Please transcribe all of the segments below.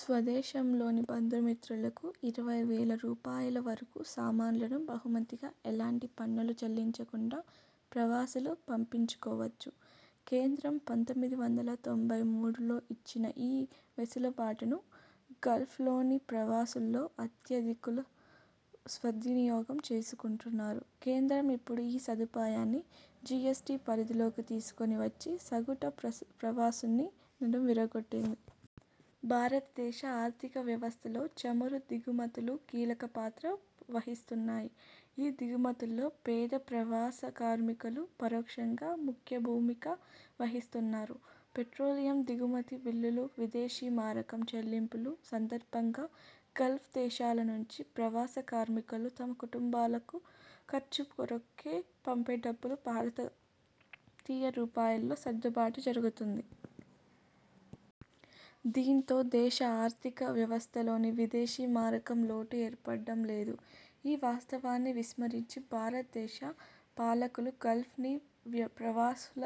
స్వదేశంలోని బంధుమిత్రులకు ఇరవై వేల రూపాయల వరకు సామాన్లను బహుమతిగా ఎలాంటి పన్నులు చెల్లించకుండా ప్రవాసులు పంపించుకోవచ్చు. కేంద్రం పంతొమ్మిది వందల తొంభై మూడులో ఇచ్చిన ఈ వెసులుబాటును గల్ఫ్లోని ప్రవాసుల్లో అత్యధికులు సద్వినియోగం చేసుకొంటున్నారు కేంద్రం ఇప్పుడు ఈ సదుపాయాన్ని జీఎస్టీ పరిధిలోకి తీసుకొని వచ్చి సగటు ప్రసు ప్రవాసుని నడుం విరగొట్టిం భారతదేశ ఆర్థిక వ్యవస్థలో చమురు దిగుమతులు కీలకపాత్ర వహిస్తున్నాయి. ఈ దిగుమతుల్లో పేద ప్రవాస కార్మికులు పరోక్షంగా ముఖ్య భూమిక వహిస్తున్నారు. పెట్రోలియం దిగుమతి బిల్లుకు విదేశీమారకం చెల్లింపుల సందర్భంగా గల్ఫ్ దేశాల నుంచి ప్రవాస కార్మికులు తమ కుటుంబాల ఖర్చు కొరకు పంపే డబ్బుకు భారత తీయ రూపాయలతో సర్దుబాటు జరుగుతుంది. దీంతో దేశ ఆర్థిక వ్యవస్థలోని విదేశీ మారకం లోటు ఏర్పడడం లేదు. ఈ వాస్త వాన్ని విస్మరించి భారతదేశ పాలకులు గల్ఫ్ని ప్రవాసుల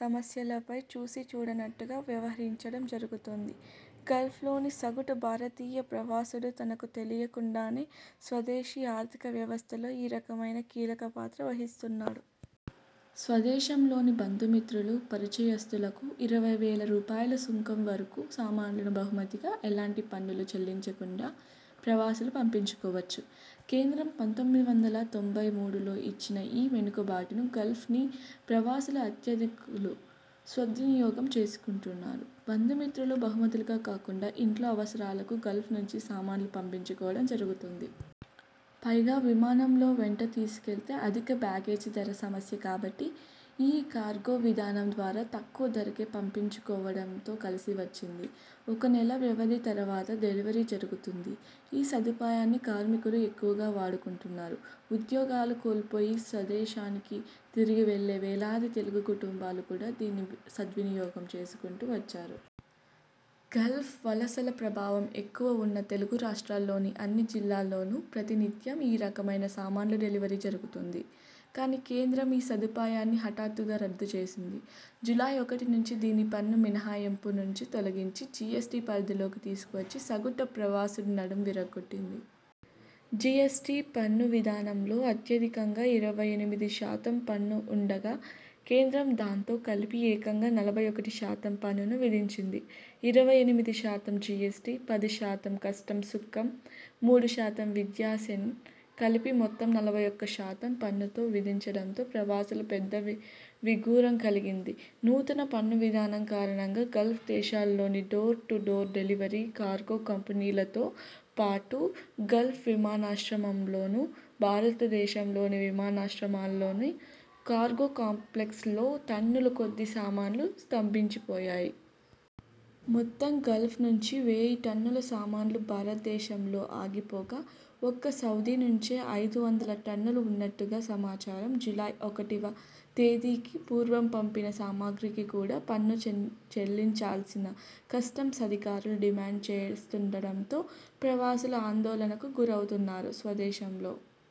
సమస్యలపై చూసీచూడనట్లుగా వ్యవహరించడం జరుగుతోంది. గల్ఫ్లోని సగటు భారతీయ ప్రవాసుడు తనకు తెలియకుండానే స్వదేశీ ఆర్థికవ్యవస్థలో ఈ రకమైన కీలక పాత్ర వహిస్తున్నాడు. స్వదేశంలోని బంధుమిత్రులు, పరిచయస్తులకు ఇరవైవేల రూపాయల సుంకం వరకు సామాన్లను బహుమతిగా ఎలాంటి పన్నులు చెల్లించకుండా ప్రవాసులు పంపించుకోవచ్చు కేంద్రం పంతొమ్మిది వందల తొంభై మూడులో ఇచ్చిన ఈ వెనుకబాటును గల్ఫ్లోని ప్రవాసులలో అత్యధికులు సద్వినియోగం చేసుకొంటున్నారు బంధుమిత్రుల బహుమతిగా కాకుండా ఇంట్లో అవసరాలకు గల్ఫ్ నుంచి సామాన్లు పంపించుకోవడం జరుగుతోంది. పైగా విమానంలో వెంట తీసుకెళితే అధిక బ్యాగేజీ ధర సమస్య కాబట్టి ఈ కార్గో విధానంద్వారా తక్కువ ధరకు పంపించుకోవడంతో కలిసి వచ్చింది. ఒక నెల వ్యవధి తర్వాత డెలివరీ జరుగుతుంది. ఈ సదుపాయాన్ని కార్మికులు ఎక్కువగా వాడుకొంటున్నారు. ఉద్యోగాలు కోల్పోయి స్వదేశానికి తిరిగివెళ్ళే వేలాది తెలుగు కుటుంబాలు కూడా దీన్ని సద్వినియోగం చేసుకుంటూ వచ్చారు. గల్ఫ్ వలసల ప్రభావం ఎక్కవగా ఉన్న తెలుగు రాష్ట్రాలలోని అన్ని జిల్లాల్లోనూ ప్రతినిత్యం ఈ రకమైన సామాన్ల డెలివరీ జరుగుతుంది. కానీ కేంద్రం ఈ సదుపాయాన్ని హఠాత్తుగా రద్దు చేసింది. జూలై ఒకటి నుంచి దీన్ని పన్ను మినహాయింపు నుంచి తొలగించి జీఎస్టీ పరిధిలోకి తీసుకువచ్చి సగటు ప్రవాసుని నడుం విరగొట్టింది. జీఎస్టీ పన్ను విధానంలో అత్యధికంగా ఇరవై ఎనిమిది శాతం పన్ను ఉండగా కేంద్రం దాంతో కలిపి ఏకంగా నలభై ఒకటి శాతం పన్నును విధించింది ఇరవై ఎనిమిది శాతం జీఎస్టీ, పది శాతం కస్టమ్స్ సుంకం, మూడు శాతం విద్యా సెస్ కలిపి మొత్తం నలభై ఒకటి శాతం పన్నును విధించడంతో ప్రవాసులకు పెద్ద విఘారం కలిగింది నూతన పన్ను విధానం కారణాన గల్ఫ్ దేశాలలోని door to door delivery cargo కంపెనీలతో పాటు గల్ఫ్ విమానాశ్రమాలలో, భారతదేశంలోని విమానాశ్రమాలలోని కార్గో కాంప్లెక్సులలో టన్నుల కొద్ది సామాన్లు స్తంభించిపోయాయి. మొత్తం గల్ఫ్ నుంచి వేయి టన్నుల సామాన్లు భారతదేశంలో ఆగిపోగా ఒక్క సౌదీ నుంచే ఐదు వందల టన్నులు ఉన్నట్లుగా సమాచారం జూలై ఒకటివ తేదీకి పూర్వం పంపిన సామాగ్రికి కూడా పన్ను చెల్లించాలని కస్టమ్స్ అధికారులు డిమాండ్ చేస్తుండడంతో ప్రవాసులు ఆందోళనకు గురవుతున్నారు స్వదేశంలో